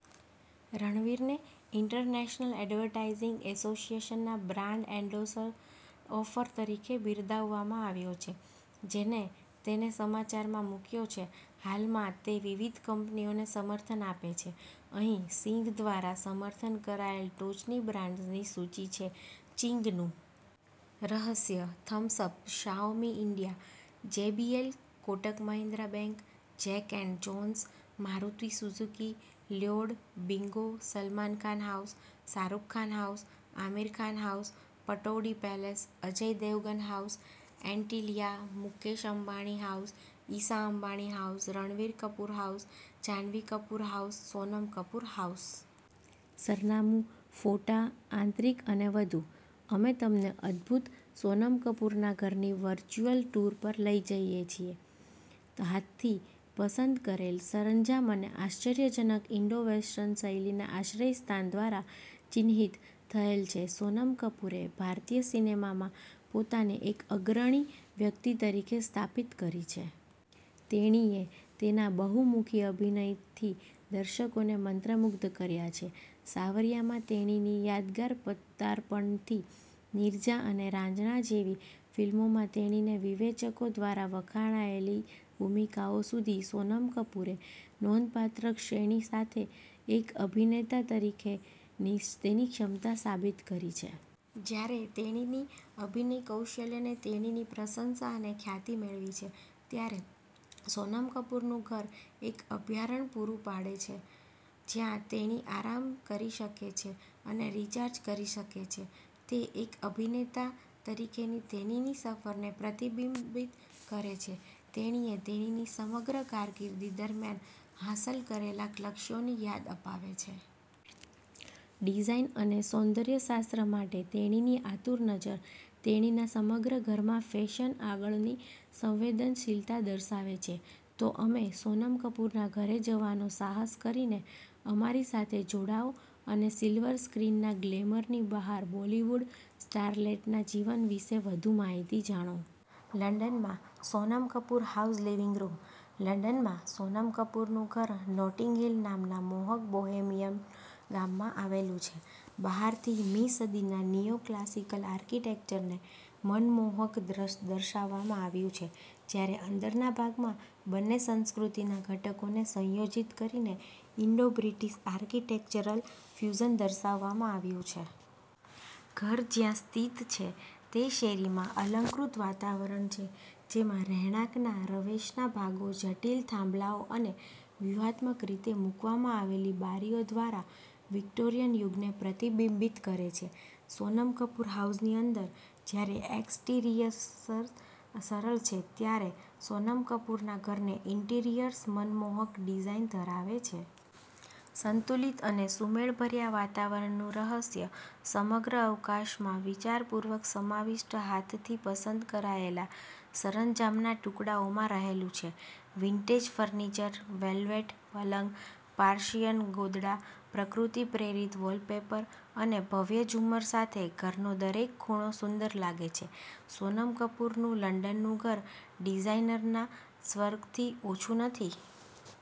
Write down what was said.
રણવીરને international advertising એસોસિએશનના brand endorser offer તરીકે બિરદાવવામાં આવ્યો છે, જેણે તેને સમાચારમાં મૂક્યો છે. હાલમાં તે વિવિધ કંપનીઓને સમર્થન આપે છે. અહીં સિંઘ દ્વારા સમર્થન કરાયેલ ટોચની બ્રાન્ડ્સની સૂચિ છે: ચિંગનું રહસ્ય, Thums Up, Xiaomi India, JBL, Kotak Mahindra bank, Jack and Jones, Maruti Suzuki, Lloyd, Bingo, Salman Khan house, Shahrukh Khan house, Aamir Khan house, Pataudi palace, Ajay Devgan house, Antilia, Mukesh Ambani house, Isha Ambani house, Ranbir Kapoor house, Janhvi Kapoor house, Sonam Kapoor house. સરનામું, ફોટા, આંતરિક અને વધુ: અમે તમને અદભૂત સોનમ કપૂરના ઘરની વર્ચ્યુઅલ ટૂર પર લઈ જઈએ છીએ, હાથથી પસંદ કરેલ સરંજામ અને આશ્ચર્યજનક ઇન્ડો-વેસ્ટર્ન શૈલીના આશ્રયસ્થાન દ્વારા ચિહ્નિત થયેલ છે. સોનમ કપૂરે ભારતીય સિનેમામાં પોતાને એક અગ્રણી વ્યક્તિ તરીકે સ્થાપિત કરી છે. તેણીએ તેના બહુમુખી અભિનયથી દર્શકોને મંત્રમુગ્ધ કર્યા છે. સાવરિયા માં તેણીની યાદગાર પદાર્પણથી નીરજા અને રાંઝણા જેવી ફિલ્મોમાં તેણીની વિવેચકો દ્વારા વખાણાયેલી ભૂમિકાઓ સુધી, સોનમ કપૂરે નોંધપાત્ર શ્રેણી સાથે એક અભિનેતા તરીકેની તેની ક્ષમતા સાબિત કરી છે. જ્યારે તેણીની અભિનય કૌશલ્યએ તેણીની પ્રશંસા અને ખ્યાતિ મેળવી છે, ત્યારે સોનમ કપૂરનું ઘર એક અભયારણ્ય પૂરું પાડે છે જ્યાં તેણી આરામ કરી શકે છે અને રિચાર્જ કરી શકે છે. તે એક અભિનેતા તરીકેની તેણીની સફરને પ્રતિબિંબિત કરે છે, તેણીએ તેણીની સમગ્ર કારકિર્દી દરમિયાન હાંસલ કરેલા લક્ષ્યોની યાદ અપાવે છે. ડિઝાઇન અને સૌંદર્ય શાસ્ત્ર માટે તેણીની આતુર નજર તેણીના સમગ્ર ઘરમાં ફેશન-આગળની સંવેદનશીલતા દર્શાવે છે. તો અમે સોનમ કપૂરના ઘરે જવાનો સાહસ કરીને અમારી સાથે જોડાઓ અને સિલ્વર સ્ક્રીનના ગ્લેમરની બહાર બોલિવૂડ સ્ટારલેટના જીવન વિશે વધુ માહિતી જાણો. લંડનમાં Sonam Kapoor house living room. લંડનમાં સોનમ કપૂરનું ઘર નોટિંગ હિલ નામના મોહક બોહેમિયન ગામમાં આવેલું છે. બહારથી, મી સદીના નિયોક્લાસિકલ આર્કિટેક્ચરને મનમોહક દર્શાવવામાં આવ્યું છે, જ્યારે અંદરના ભાગમાં બંને સંસ્કૃતિના ઘટકોને સંયોજિત કરીને ઈન્ડો-બ્રિટિશ આર્કિટેક્ચરલ ફ્યુઝન દર્શાવવામાં આવ્યું છે. ઘર જ્યાં સ્થિત છે તે શેરીમાં અલંકૃત વાતાવરણ છે, જેમાં રહેણાંકના રવેશના ભાગો જટિલ થાંભલાઓ અને વ્યૂહાત્મક રીતે મૂકવામાં આવેલી બારીઓ દ્વારા વિક્ટોરિયન યુગને પ્રતિબિંબિત કરે છે. સોનમ કપૂર હાઉસની અંદર, જ્યારે એક્સટીરિયર્સ સ સરળ છે, ત્યારે સોનમ કપૂરના ઘરના ઈન્ટિરિયર્સ મનમોહક ડિઝાઇન ધરાવે છે. સંતુલિત અને સુમેળભર્યા વાતાવરણનું રહસ્ય સમગ્ર અવકાશમાં વિચારપૂર્વક સમાવિષ્ટ હાથથી પસંદ કરાયેલા સરંજામના ટુકડાઓમાં રહેલું છે. વિન્ટેજ ફર્નિચર, વેલ્વેટ પલંગ, પર્શિયન ગોદડાં, પ્રકૃતિ-પ્રેરિત વૉલપેપર અને ભવ્ય ઝુમ્મર સાથે, ઘરનો દરેક ખૂણો સુંદર લાગે છે. સોનમ કપૂરનું લંડનનું ઘર ડિઝાઇનરના સ્વર્ગથી ઓછું નથી.